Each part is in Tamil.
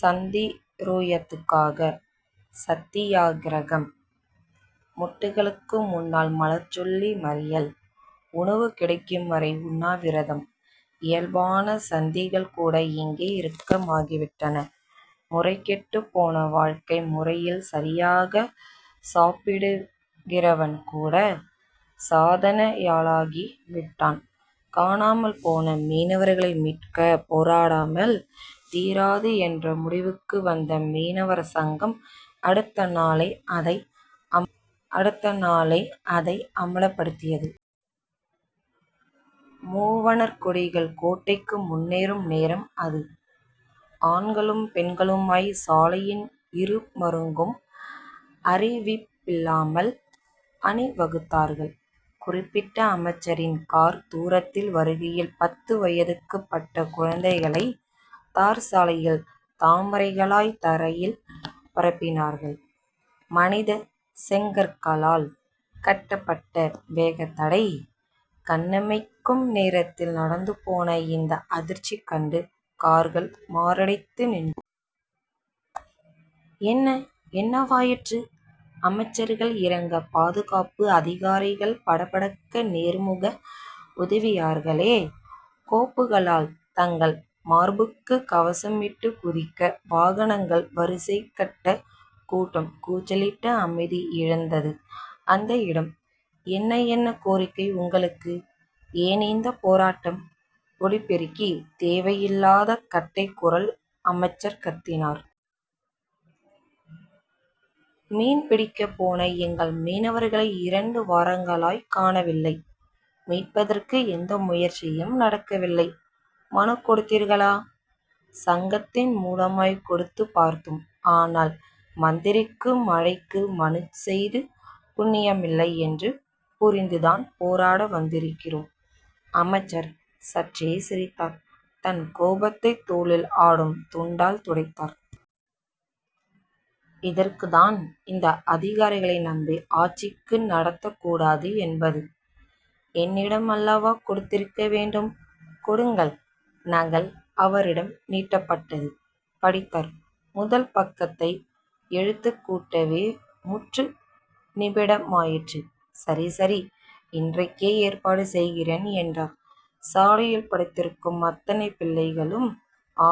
சந்திரோதயத்துக்காக சத்தியாக்கிரகம். மொட்டுகளுக்கு முன்னால் மலரச்சொல்லி மறியல். உணவு கிடைக்கும்வரை உண்ணாவிரதம். இயல்பான சங்கதிகள்கூட இங்கே இறுக்கமாகிவிட்டன. முறைகெட்டுப்போன வாழ்க்கை முறையில் சரியாகச் சாப்பிடுகிறவன்கூடச் சாதனையாளனாகி விட்டான். காணாமல் போன மீனவர்களை மீட்கப் போராடாமல் தீராது என்ற முடிவுக்கு வந்த மீனவர் சங்கம் அடுத்த நாளே அதை அமல்படுத்தியது. முவர்ணக்கொடிகள் கோட்டைக்கு முன்னேறும் நேரம் அது. ஆண்களும் பெண்களுமாய்ச் சாலையின் இருமருங்கும் அறிவிப்பில்லாமல் அணிவகுத்தார்கள். குறிப்பிட்ட அமைச்சரின் கார் தூரத்தில் வருகையில் பத்து வயதுக்குட்பட்ட குழந்தைகளைத் தார்ச்சாலைத் தாமரைகளாய்த் தரையில் பரப்பினார்கள். மனிதச் செங்கற்களால் கட்டப்பட்ட வேகத்தடை. கண்ணிமைக்கும் நேரத்தில் நடந்துபோன இந்த அதிர்ச்சி கண்டு கார்கள் மாரடைத்து நின்றன. என்ன? என்னவாயிற்று? அமைச்சர்கள் இறங்க, பாதுகாப்பு அதிகாரிகள் படபடக்க நேர்முக உதவியாளர்கள் கோப்புகளால் தங்கள் மார்புக்குக் கவசமிட்டுக் குதிக்க, வாகனங்கள் வரிசைகட்ட, கூட்டம் கூச்சலிட அமைதி இழந்தது அந்த இடம். என்ன? என்ன கோரிக்கை உங்களுக்கு? ஏனிந்தப் போராட்டம்? ஒலிபெருக்கி தேவையில்லாத கட்டைக்குரல் அமைச்சர் கத்தினார். மீன் பிடிக்கப் போன எங்கள் மீனவர்களை இரண்டு வாரங்களாய்க் காணவில்லை. மீட்பதற்கு எந்த முயற்சியும் நடக்கவில்லை. மனுக்கொடுத்தீர்களா? சங்கத்தின் முலமாய்க் கொடுத்துப் பார்த்தோம். ஆனால், மந்திரிக்கும் மழைக்கும் மனுச்செய்து புண்ணியமில்லை என்று புரிந்துதான் போராட வந்திருக்கிறோம். அமைச்சர் சற்றே சிந்தித்தார். தன் கோபத்தைத் தோளில் ஆடும் துண்டால் துடைத்தார். இதற்குத்தான் இந்த அதிகாரிகளை நம்பி ஆட்சி நடத்தக்கூடாது என்பது. என்னிடமல்லவா கொடுத்திருக்க வேண்டும். கொடுங்கள். நகல் அவரிடம் நீட்டப்பட்டது. படித்தார். முதல் பக்கத்தை எழுத்துக்கூட்டவே முன்று நிமிடமாயிற்று. சரி. சரி. இன்றைக்கே ஏற்பாடு செய்கிறேன் என்றவர், சாலையில் படுத்திருக்கும் அத்தனை பிள்ளைகளுக்கும்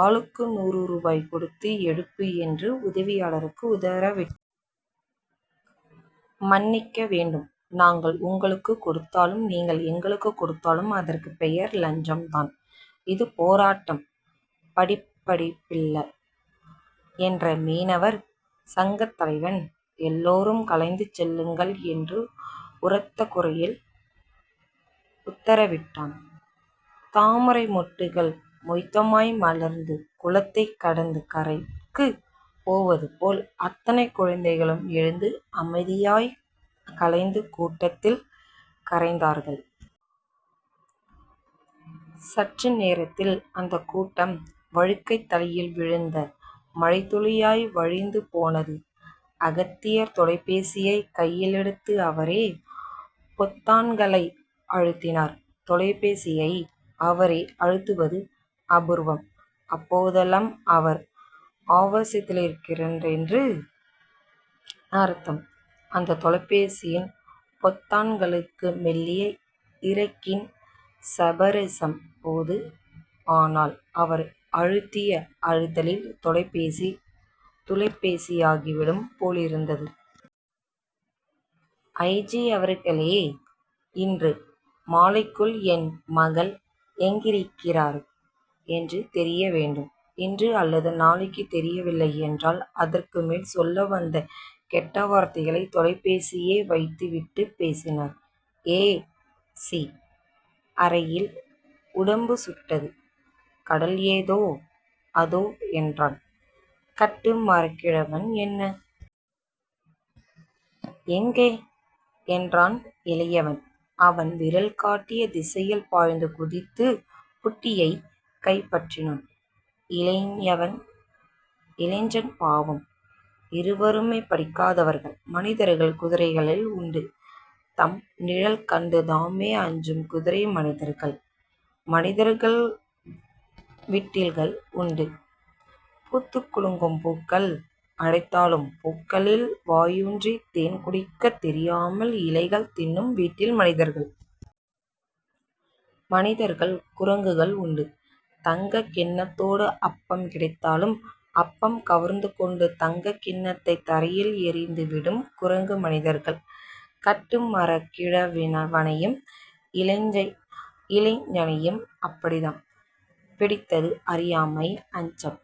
ஆளுக்கு நூறு ருபாய் கொடுத்து எழுப்பு என்று உதவியாளருக்கு உத்தரவிட்டார். மன்னிக்க வேண்டும் நாங்கள் உங்களுக்குக் கொடுத்தாலும் நீங்கள் எங்களுக்குக் கொடுத்தாலும் அதற்கு பெயர் லஞ்சம்தான். இது போராட்டம். படப்பிடிப்பல்ல. என்ற மீனவர் சங்கத்தலைவன், எல்லோரும் கலைந்து செல்லுங்கள் என்று உரத்த குரலில் உத்தரவிட்டான். தாமரை மொட்டுக்கள் மொத்தமாய் மலர்ந்து குளத்தைக் கடந்து கரைக்குப் போவது போல் அத்தனை குழந்தைகளும் எழுந்து அமைதியாய்க் கலைந்து கூட்டத்தில் கரைந்தார்கள். சற்று நேரத்தில் அந்தக்கூட்டம் வழுக்கைத் தலையில் விழுந்த மழைத்துளியாய் வழிந்து போனது. அகத்தியர் தொலைபேசியைக் கையிலெடுத்து அவரே பொத்தான்களை அழுத்தினார். தொலைபேசியை அவரே அழுத்துவது அபூர்வம். அப்போதெல்லாம் அவர் ஆவேசத்திலிருக்கிறாரென்று அர்த்தம். அந்தத் தொலைபேசியின் பொத்தான்களுக்கு மெல்லிய இறகின் ஸபரிசம் போதும். ஆனால், அவர் அழுத்திய அழுத்தலில் தொலைபேசி துளைபேசியாகிவிடும் போலிருந்தது. ஐ. ஜி அவர்களே. இன்று மாலைக்குள், என் மகள் எங்கிருக்கிறாள் என்று தெரிய வேண்டும். இன்று அல்லது நாளைக்குள் தெரியவில்லையென்றால்... அதற்குமேல் சொல்ல வந்த கெட்டவார்த்தைகளைத் தொலைபேசியை வைத்துவிட்டுப் பேசினார். ஏ. ஸி. அறையில் உடம்பு சுட்டது. கடல் அதோ. அதோ. என்றான் கட்டுமரக்கிழவன். என்ன? எங்கே? என்றான் இளையவன். அவன் விரல் காட்டிய திசையில் பாய்ந்து குதித்துப் புட்டியை கைப்பற்றினான் இளைஞன் பாவம். இருவருமே படிக்காதவர்கள் மனிதர்களில் குதிரைகள் உண்டு. தம் நிழல் கண்டு தாமே அஞ்சும் குதிரை மனிதர்கள். மனிதர்களில் விட்டில்கள் உண்டு. பூத்துக் குலுங்கும் பூக்கள் அழைத்தாலும் பூக்களில் வாயூன்றித் தேன்குடிக்கத் தெரியாமல் இலைகள் தின்னும் விட்டில் மனிதர்கள். மனிதர்களில் குரங்குகள் உண்டு. தங்கக் கிண்ணத்தோடு அப்பம் கிடைத்தாலும் அப்பம் கவர்ந்துகொண்டு தங்கக்கிண்ணத்தைத் தரையில் எறிந்துவிடும் குரங்குமனிதர்கள். கட்டுமரக் கிழவனையும் இளைஞனையும் அப்படித்தான் பீடித்தது அறியாமை அச்சம்.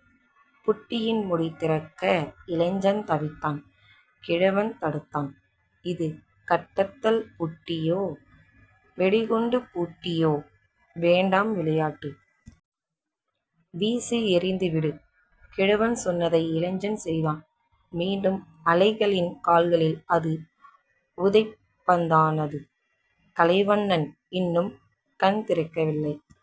புட்டியின் முடி திறக்க இளைஞன் தவித்தான். கிழவன் தடுத்தான். இது கடத்தல் புட்டியோ. வெடிகுண்டுப் புட்டியோ. வேண்டாம் விளையாட்டு. வீசி எறிந்துவிடு. கிழவன் சொன்னதை இளைஞன் செய்தான். மீண்டும் அலைகளின் கால்களில் அது உதைபந்தானது. கலைவண்ணன் இன்னும் கண்திறக்கவில்லை.